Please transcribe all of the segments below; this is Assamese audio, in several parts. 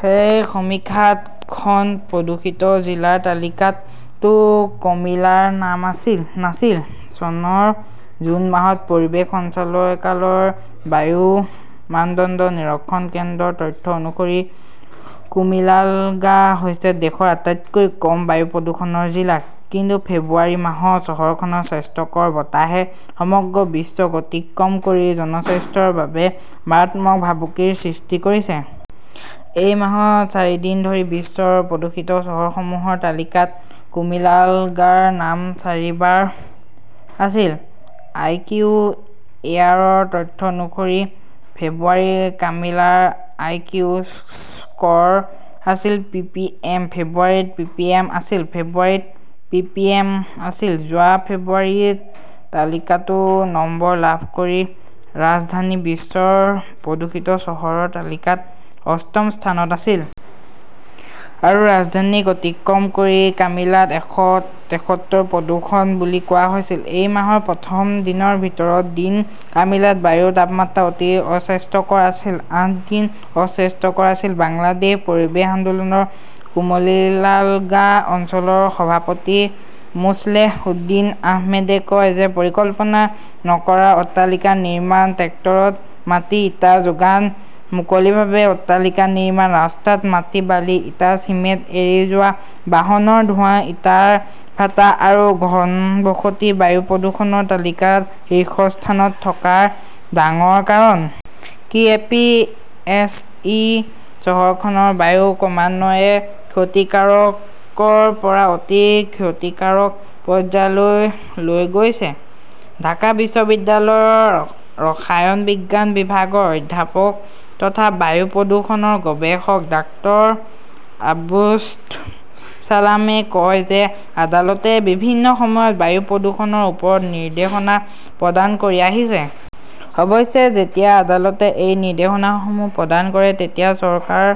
সেই সমীক্ষাত খন প্ৰদূষিত জিলাৰ তালিকাতও কমিলাৰ নাম নাছিল। চনৰ জুন মাহত পৰিৱেশ সঞ্চালয়কালয়ৰ বায়ু মানদণ্ড নিৰীক্ষণ কেন্দ্ৰৰ তথ্য অনুসৰি, কুমিলালগা হৈছে দেশৰ আটাইতকৈ কম বায়ু প্ৰদূষণৰ জিলা। কিন্তু ফেব্ৰুৱাৰী মাহত চহৰখনৰ স্বাস্থ্যকৰ বতাহে সমগ্ৰ বিশ্বক অতিক্ৰম কৰি জনস্বাস্থ্যৰ বাবে মাৰাত্মক ভাবুকিৰ সৃষ্টি কৰিছে। এই মাহত চাৰিদিন ধৰি বিশ্বৰ প্ৰদূষিত চহৰসমূহৰ তালিকাত কুমিলালগাৰ নাম চাৰিবাৰ আছিল। আইকিউ এয়াৰৰ তথ্য অনুসৰি ফেব্ৰুৱাৰীত কামিলাৰ আইকিউ স্ক "ৰ আছিল পিপিএম। ফেব্ৰুৱাৰীত পিপিএম আছিল, ফেব্ৰুৱাৰীত পিপিএম আছিল। যোৱা ফেব্ৰুৱাৰীত তালিকাটোত নম্বৰ লাভ কৰি ৰাজধানী বিশ্বৰ প্ৰদূষিত চহৰৰ তালিকাত অষ্টম স্থানত আছিল। আৰু ৰাজধানীক অতিক্ৰম কৰি কামিলাত এশ তেসত্তৰ প্ৰদূষণ বুলি কোৱা হৈছিল। এই মাহৰ প্ৰথম দিনৰ ভিতৰত দিন কামিলাত বায়ুৰ তাপমাত্ৰা অতি অস্বাস্থ্যকৰ আছিল। আঠ দিন অস্বাস্থ্যকৰ আছিল। বাংলাদেশ পৰিৱেশ আন্দোলনৰ কুমিলালগা অঞ্চলৰ সভাপতি মোছলেহ উদ্দীন আহমেদে কয় যে পৰিকল্পনা নকৰা অট্টালিকা নিৰ্মাণ, ট্ৰেক্টৰত মাটি-ইটা যোগান, মুকলিভাৱে অট্টালিকা নিৰ্মাণ, ৰাস্তাত মাটি বালি ইটা চিমেণ্ট এৰি যোৱা, বাহনৰ ধোঁৱা, ইটাৰ ভাটা আৰু ঘনবসতি বায়ু প্ৰদূষণৰ তালিকাত শীৰ্ষস্থানত থকাৰ ডাঙৰ কাৰণ। K A P S E চহৰখনৰ বায়ু ক্ৰমান্বয়ে ক্ষতিকাৰকৰ পৰা অতি ক্ষতিকাৰক পৰ্যায়লৈ লৈ গৈছে। ঢাকা বিশ্ববিদ্যালয়ৰ ৰসায়ন বিজ্ঞান বিভাগৰ অধ্যাপক তথা বায়ু প্ৰদূষণৰ গৱেষক ডাক্তৰ আব্দুছ ছালামে কয় যে আদালতে বিভিন্ন সময়ত বায়ু প্ৰদূষণৰ ওপৰত নিৰ্দেশনা প্ৰদান কৰি আহিছে। অৱশ্যে, যেতিয়া আদালতে এই নিৰ্দেশনাসমূহ প্ৰদান কৰে, তেতিয়া চৰকাৰ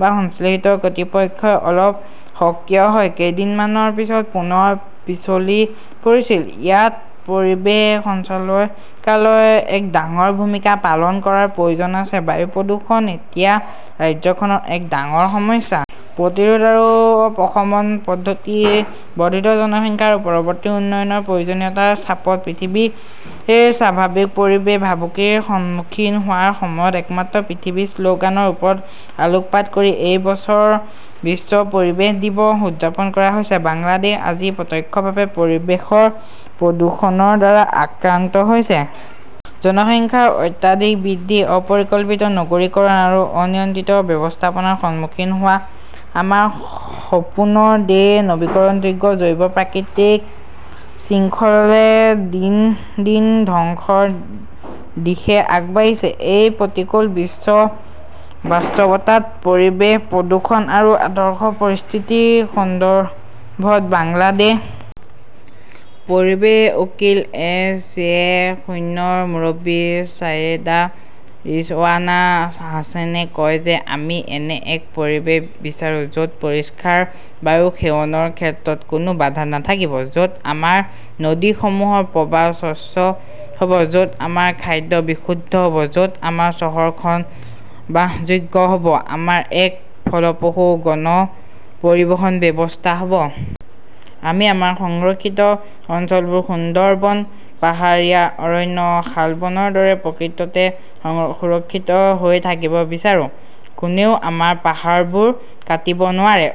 বা সংশ্লিষ্ট কৰ্তৃপক্ষই অলপ সক্ৰিয় হয়। কেইদিনমানৰ পিছত পুনৰ পিছলি পৰিছিল। ইয়াত পৰিৱেশ সঞ্চালকালয়ৰ এক ডাঙৰ ভূমিকা পালন কৰাৰ প্ৰয়োজন আছে। বায়ু প্ৰদূষণ এতিয়া ৰাজ্যখনৰ এক ডাঙৰ সমস্যা। প্ৰতিৰোধ আৰু প্ৰশমন পদ্ধতি বৰ্ধিত জনসংখ্যা আৰু পৰিৱৰ্তিত উন্নয়নৰ প্ৰয়োজনীয়তাৰ চাপত পৃথিৱীৰ স্বাভাৱিক পৰিৱেশ ভাবুকিৰ সন্মুখীন হোৱাৰ সময়ত একমাত্ৰ পৃথিৱী শ্লোগানৰ ওপৰত আলোকপাত কৰি এই বছৰ বিশ্ব পৰিৱেশ দিৱস উদযাপন কৰা হৈছে। বাংলাদেশ আজি প্ৰত্যক্ষভাৱে পৰিৱেশৰ প্ৰদূষণৰ দ্বাৰা আক্ৰান্ত হৈছে। জনসংখ্যাৰ অত্যাধিক বৃদ্ধি, অপৰিকল্পিত নগৰীকৰণ আৰু অনিয়ন্ত্ৰিত ব্যৱস্থাপনাৰ সন্মুখীন হোৱা আমাৰ সপোনৰ দেশ নৱীকৰণযোগ্য জৈৱ প্ৰাকৃতিক শৃংখলে দিন দিন ধ্বংসৰ দিশে আগবাঢ়িছে। এই প্ৰতিকূল বিশ্ব বাস্তৱতাত পৰিৱেশ প্ৰদূষণ আৰু আদৰ্শ পৰিস্থিতিৰ সন্দৰ্ভত বাংলাদেশ পৰিৱেশ উকিল এছ চিয়েশূন্যৰ মুৰব্বী ছায়েদা ৰিজৱানা হাছানে কয় যে আমি এনে এক পৰিৱেশ বিচাৰো য’ত পৰিষ্কাৰ বায়ু সেৱনৰ ক্ষেত্ৰত কোনো বাধা নাথাকিব, য’ত আমাৰ নদীসমূহৰ প্ৰবাহ স্বচ্ছ হ’ব, য’ত আমাৰ খাদ্য বিশুদ্ধ হ’ব, য’ত আমাৰ চহৰখন বাসযোগ্য হ’ব, আমাৰ এক ফলপ্ৰসূ গণ পৰিবহণ ব্যৱস্থা হ’ব। আমি আমাৰ সংৰক্ষিত অঞ্চলবোৰ-সুন্দৰবন, পাহাৰীয়া অৰণ্য, শালবনৰ দৰে-প্ৰকৃততে সুৰক্ষিত হৈ থাকিব বিচাৰো, কোনেও আমাৰ পাহাৰবোৰ কাটিব নোৱাৰে।